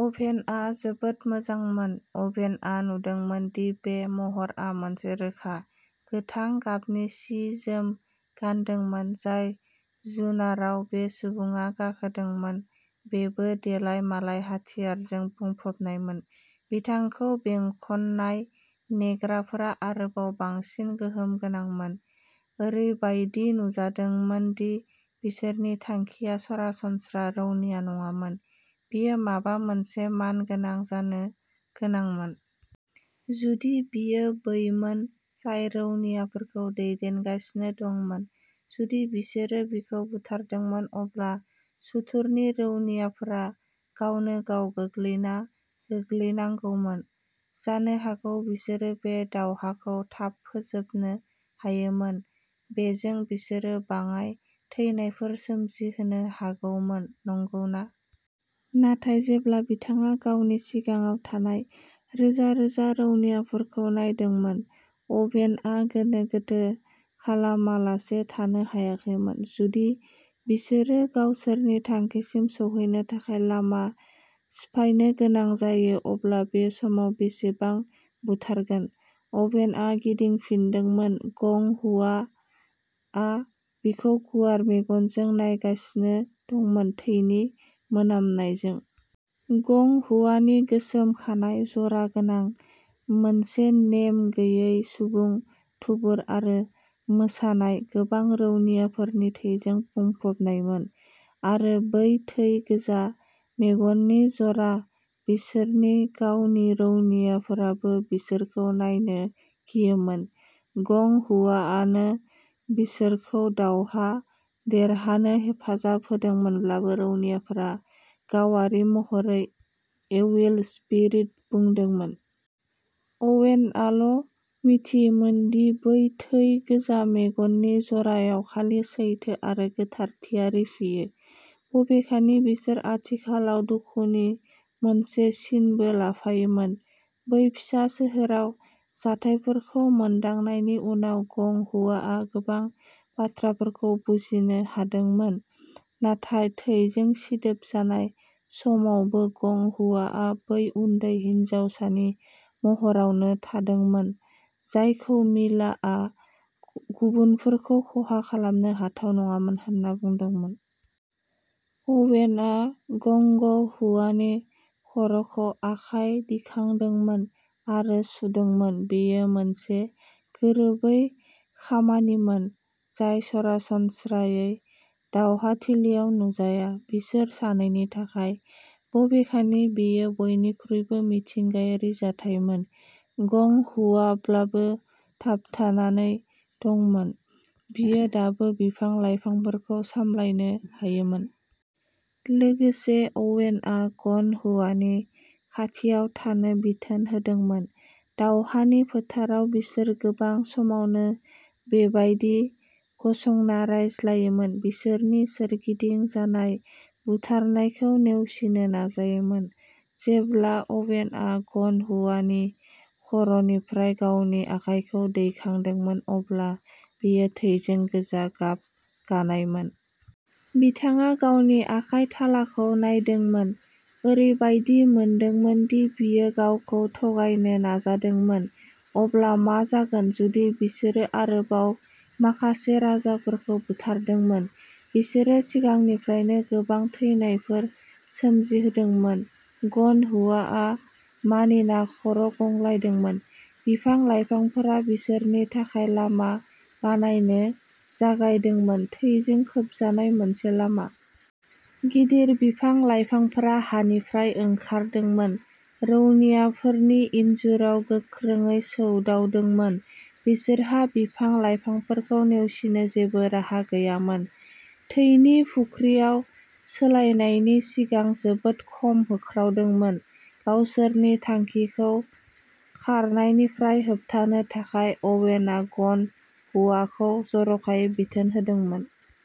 अभेनआ जोबोद मोजांमोन, अभेनआ नुदोंमोन दि बे महरआ मोनसे रोखा, गोथां गाबनि सि-जोम गानदोंमोन। जाय जुनाराव बे सुबुङा गाखोदोंमोन, बेबो देलाय मालाय हाथियारजों बुंफबनायमोन। बिथांखौ बेंखननाय नेग्राफोरा आरोबाव बांसिन गोहोम गोनांमोन। ओरैबायदि नुजादोंमोन दि बिसोरनि थांखिया सरासनस्रा रौनिया नङामोन| बियो माबा मोनसे मानगोनां जानो गोनांमोन। जुदि बियो बैमोन जाय रौनियाफोरखौ दैदेनगासिनो दंमोन, जुदि बिसोरो बिखौ बुथारदोंमोन, अब्ला सुथुरनि रौनियाफोरा गावनो गाव गोग्लैना गोग्लैनांगौमोन। जानो हागौ बिसोरो बे दावहाखौ थाब फोजोबनो हायोमोन। बेजों, बिसोरो बाङाइ थैनायफोर सोमजिहोनो हागौमोन, नंगौना? नाथाय जेब्ला बिथाङा गावनि सिगाङाव थानाय रोजा-रोजा रौनियाफोरखौ नायदोंमोन, अभेनआ गोनो गोथो खालामालासे थानो हायाखैमोन। जुदि बिसोरो गावसोरनि थांखिसिम सौहैनो थाखाय लामा सिफायनो गोनां जायो, अब्ला बे समाव बेसेबां बुथारगोन? अभेनआ गिदिंफिनदोंमोन। गं हुआ आ बिखौ गुवार मेगनजों नायगासिनो दंमोन, थैनि मोनामनायजों। गं हुआनि गोसोम खानाइ, जरा गोनां। मोनसे नेम गैयै सुबुं थुबुर आरो मोसानाय, गोबां रौनियाफोरनि थैजों बुंफबनायमोन। आरो बै थै गोजा मेगननि जरा; बिसोरनि गावनि रौनियाफोराबो बिसोरखौ नायनो गियोमोन। गं हुआआनो बिसोरखौ दावहा देरहानो हेफाजाब होदोंमोनब्लाबो, रौनियाफोरा गावारि महरै एविल स्पिरिट बुंदोंमोन। अवेनआल' मोनथियोमोन दि बै थै गोजा मेगननि जरायाव खालि सैथो आरो गोथारथिया रिफियो, बबेखानि बिसोर आथिखालाव दुखुनि मोनसे सिनबो लाफायोमोन। बै फिसा सोहोराव जाथायफोरखौ मोनदांनायनि उनाव, गं हुआआ गोबां बाथ्राफोरखौ बुजिनो हादोंमोन। नाथाय थैजों सिदोब जानाय समावबो, गं हुआआ बै उन्दै हिनजावसानि महरावनो थादोंमोन जायखौ मिलाआ गुबुनफोरखौ खहा खालामनो हाथाव नङामोन होन्ना बुंदोंमोन। अवेनआ गंग हुआनि खर'खौ आखाय दिखांदोंमोन आरो सुदोंमोन। बेयो मोनसे गोरोबै खामानिमोन, जाय सरासनस्रायै दावहाथिलियाव नुजाया। बिसोर सानैनि थाखाय, बबेखानि, बेयो बयनिख्रुइबो मिथिंगायारि जाथायमोन। गं हुआब्लाबो। थाबथानानै दंमोन, बियो दाबो बिफां-लाइफांफोरखौ सामलायनो हायोमोन। लोगोसे, अवेनआ ग'न हुआनि खाथियाव थानो बिथोन होदोंमोन। दावहानि फोथाराव, बिसोर गोबां समावनो बेबायदि गसंना रायज्लायोमोन, बिसोरनि सोरगिदिं जानाय बुथारनायखौ नेवसिनो नाजायोमोन। जेब्ला अवेनआ ग'न हुआनि खर'निफ्राय गावनि आखायखौ दैखांदोंमोन, अब्ला बेयो थैजों गोजा गाब गानायमोन। बिथाङा गावनि आखाइ थालाखौ नायदोंमोन, ओरैबायदि मोनदोंमोन दि बियो गावखौ थगायनो नाजादोंमोन। अब्ला मा जागोन जुदि बिसोरो आरोबाव माखासे राजाफोरखौ बुथारदोंमोन? बिसोरो सिगांनिफ्रायनो गोबां थैनायफोर सोमजिहोदोंमोन। ग'न हुआआ मानिना खर' गंग्लायदोंमोन। बिफां-लाइफांफोरा बिसोरनि थाखाय लामा बानायनो जागायदोंमोन, थैजों खोबजानाय मोनसे लामा। गिदिर बिफां-लाइफांफोरा हानिफ्राय ओंखारदोंमोन, रौनियाफोरनि इन्जुराव गोख्रोंयै सौदावदोंमोन। बिसोरहा बिफां-लाइफांफोरखौ नेवसिनो जेबो राहा गैयामोन, थैनि फुख्रियाव सोलायनायनि सिगां जोबोद खम होख्रावदोंमोन। गावसोरनि थांखिखौ खारनायनिफ्राय होबथानो थाखाय, अवेनआ ग'न हुआखौ जर'खायै बिथोन होदोंमोन।